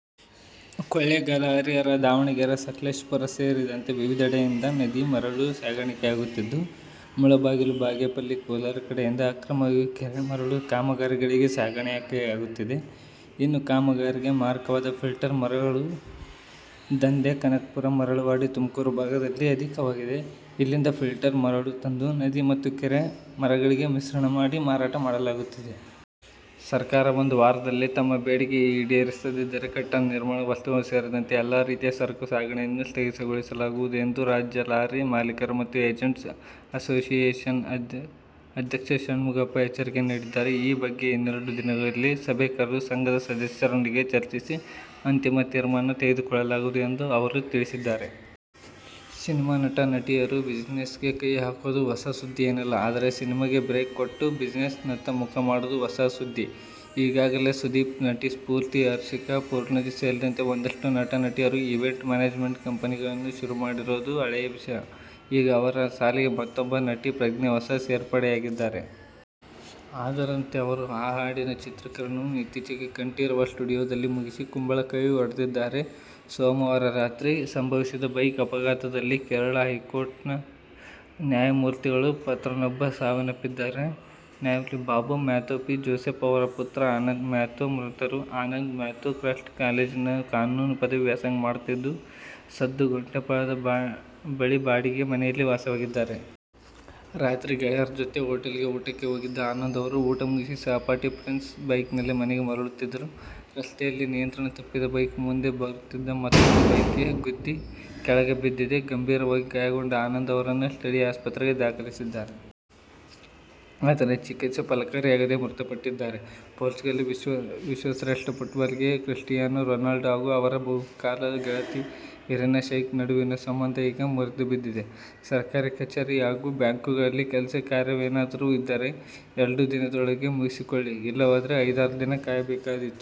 ಕೊಳ್ಳೇಗಾಲ, ಹರಿಹರ, ದಾವಣಗೆರೆ, ಸಕಲೇಶಪುರ ಸೇರಿದಂತೆ ವಿವಿಧೆಡೆಯಿಂದ ನದಿ ಮರಳು ಸಾಗಾಣಿಕೆಯಾಗುತ್ತಿದ್ದು, ಮುಳಬಾಗಿಲು, ಬಾಗೇಪಲ್ಲಿ, ಕೋಲಾರ ಕಡೆಯಿಂದ ಅಕ್ರಮವಾಗಿ ಕೆರೆ ಮರಳು ಕಾಮಗಾರಿಗಳಿಗೆ ಸಾಗಾಣಿಕೆಯಾಗುತ್ತಿದೆ. ಇನ್ನು ಕಾಮಗಾರಿಗೆ ಮಾರಕವಾದ ಫಿಲ್ಟರ್ ಮರಳು ದಂಧೆ ಕನಕಪುರ, ಮರಳವಾಡಿ, ತುಮಕೂರು ಭಾಗದಲ್ಲಿ ಅಧಿಕವಾಗಿದೆ. ಇಲ್ಲಿಂದ ಫಿಲ್ಟರ್ ಮರಳು ತಂದು ನದಿ ಮತ್ತು ಕೆರೆ ಮರಳಿಗೆ ಮಿಶ್ರಣ ಮಾಡಿ ಮಾರಾಟ ಮಾಡಲಾಗುತ್ತಿದೆ. ಸರ್ಕಾರ ಒಂದು ವಾರದಲ್ಲಿ ತಮ್ಮ ಬೇಡಿಕೆ ಈಡೇರಿಸದಿದ್ದರೆ, ಕಟ್ಟಡ ನಿರ್ಮಾಣ ವಸ್ತುಗಳು ಸೇರಿದಂತೆ ಎಲ್ಲಾ ರೀತಿಯ ಸರಕು ಸಾಗಣೆಯನ್ನು ಸ್ಥಗಿತಗೊಳಿಸಲಾಗುವುದು ಎಂದು ರಾಜ್ಯ ಲಾರಿ ಮಾಲೀಕರ ಮತ್ತು ಏಜೆಂಟ್ಸ್ ಅಸೋಸಿಯೇಷನ್ ಅಧ್ಯಕ್ಷ ಷಣ್ಮುಗಪ್ಪ ಎಚ್ಚರಿಕೆ ನೀಡಿದ್ದಾರೆ. ಈ ಬಗ್ಗೆ ಇನ್ನೆರಡು ದಿನಗಳಲ್ಲಿ ಸಭೆ ಕರೆದು ಸಂಘದ ಸದಸ್ಯರೊಂದಿಗೆ ಚರ್ಚಿಸಿ ಅಂತಿಮ ತೀರ್ಮಾನ ತೆಗೆದುಕೊಳ್ಳಲಾಗುವುದು ಎಂದು ಅವರು ತಿಳಿಸಿದ್ದಾರೆ. ಸಿನಿಮಾ ನಟ, ನಟಿಯರು ಬಿಜಿನೆಸ್ಗೆ ಕೈ ಹಾಕೋದು ಹೊಸ ಸುದ್ದಿಯೇನಲ್ಲ, ಆದರೆ, ಸಿನಿಮಾಗೇ ಬ್ರೇಕ್ ಕೊಟ್ಟು ಬಿಜಿನೆಸ್ನತ್ತ ಮುಖ ಮಾಡೋದು ಹೊಸ ಸುದ್ದಿ. ಈಗಾಗಲೇ ಸುದೀಪ್, ನಟಿ ಸ್ಫೂರ್ತಿ, ಹರ್ಷಿಕಾ ಪೂಣಚ್ಚ ಸೇರಿದಂತೆ ಒಂದಷ್ಟು ನಟ-ನಟಿಯರು ಈವೆಂಟ್ ಮ್ಯಾನೇಜ್ಮೆಂಟ್ ಕಂಪೆನಿಗಳನ್ನು ಶುರುಮಾಡಿರೋದು ಹಳೇ ವಿಷಯ. ಈಗ ಅವರ ಸಾಲಿಗೆ ಮತ್ತೂಬ್ಬ ನಟಿ ಪ್ರಜ್ಞಾ ಹೊಸ ಸೇರ್ಪಡೆಯಾಗಿದ್ದಾರೆ. ಅದರಂತೆ ಅವರು ಆ ಹಾಡಿನ ಚಿತ್ರೀಕರಣವನ್ನು ಇತ್ತೀಚೆಗೆ ಕಂಠೀರವ ಸ್ಟುಡಿಯೋದಲ್ಲಿ ಮುಗಿಸಿ ಕುಂಬಳಕಾಯಿ ಒಡೆದಿದ್ದಾರೆ. ಸೋಮವಾರ ರಾತ್ರಿ ಸಂಭವಿಸಿದ ಬೈಕ್ ಅಪಘಾತದಲ್ಲಿ ಕೇರಳ ಹೈಕೋರ್ಟ್ನ ನ್ಯಾಯಮೂರ್ತಿಗಳ ಪುತ್ರನೊಬ್ಬ ಸಾವನ್ನಪ್ಪಿದ್ದಾರೆ. ನ್ಯಾ. Babu Mathew P. ಜೋಸೆಫ್ ಅವರ ಪುತ್ರ ಆನಂದ್ ಮ್ಯಾಥ್ಯೂ ಮೃತರು. ಆನಂದ್ ಮ್ಯಾಥ್ಯೂ ಕ್ರೈಸ್ಟ್ ಕಾಲೇಜಿನಲ್ಲಿ ಕಾನೂನು ಪದವಿ ವ್ಯಾಸಂಗ ಮಾಡುತ್ತಿದ್ದು, ಸುದ್ದುಗುಂಟೆಪಾಳ್ಯದ ಬಳಿ ಬಾಡಿಗೆ ಮನೆಯಲ್ಲಿ ವಾಸವಾಗಿದ್ದರು. ರಾತ್ರಿ ಗೆಳೆಯರ ಜತೆ ಹೋಟೆಲ್ಗೆ ಊಟಕ್ಕೆ ಹೋಗಿದ್ದ ಆನಂದ್ ಅವರು, ಊಟ ಮುಗಿಸಿ ಸಹಪಾಠಿ ಪ್ರಿನ್ಸ್ ಬೈಕ್ನಲ್ಲಿ ಮನೆಗೆ ಮರಳುತ್ತಿದ್ದರು. ರಸ್ತೆಯಲ್ಲಿ ನಿಯಂತ್ರಣ ತಪ್ಪಿದ ಬೈಕ್ ಮುಂದೆ ಬರುತ್ತಿದ್ದ ಮತ್ತೂಂದು ಬೈಕ್ಗೆ ಗುದ್ದಿ ಕೆಳಗೆ ಬಿದ್ದಿದೆ. ಗಂಭೀರವಾಗಿ ಗಾಯಗೊಂಡ ಆನಂದ್ ಅವರನ್ನು ಸ್ಥಳೀಯರು ಆಸ್ಪತ್ರೆಗೆ ದಾಖಲಿಸಿದ್ದಾರೆ. ಆದರೆ ಚಿಕಿತ್ಸೆ ಫಲಕಾರಿಯಾಗದೆ ಮೃತಪಟ್ಟಿದ್ದಾರೆ. ಪೋರ್ಚುಗಲ್ ವಿಶ್ವಶ್ರೇಷ್ಠ ಫುಟ್ಬಾಲಿಗ ಕ್ರಿಸ್ಟಿಯಾನೋ ರೊನಾಲ್ಡೊ ಹಾಗೂ ಅವರ ಬಹುಕಾಲದ ಗೆಳತಿ ಇರಿನಾ ಶೈಕ್ ನಡುವಿನ ಸಂಬಂಧ ಈಗ ಮುರಿದುಬಿದ್ದಿದೆ. ಸರ್ಕಾರಿ ಕಚೇರಿ ಹಾಗೂ ಬ್ಯಾಂಕುಗಳಲ್ಲಿ ಕೆಲಸ- ಕಾರ್ಯವೇನಾದರೂ ಇದ್ದರೆ ಎರಡು ದಿನದೊಳಗೆ ಮುಗಿಸಿಕೊಳ್ಳಿ. ಇಲ್ಲವಾದರೆ ಐದಾರು ದಿನ ಕಾಯಬೇಕಾದೀತು.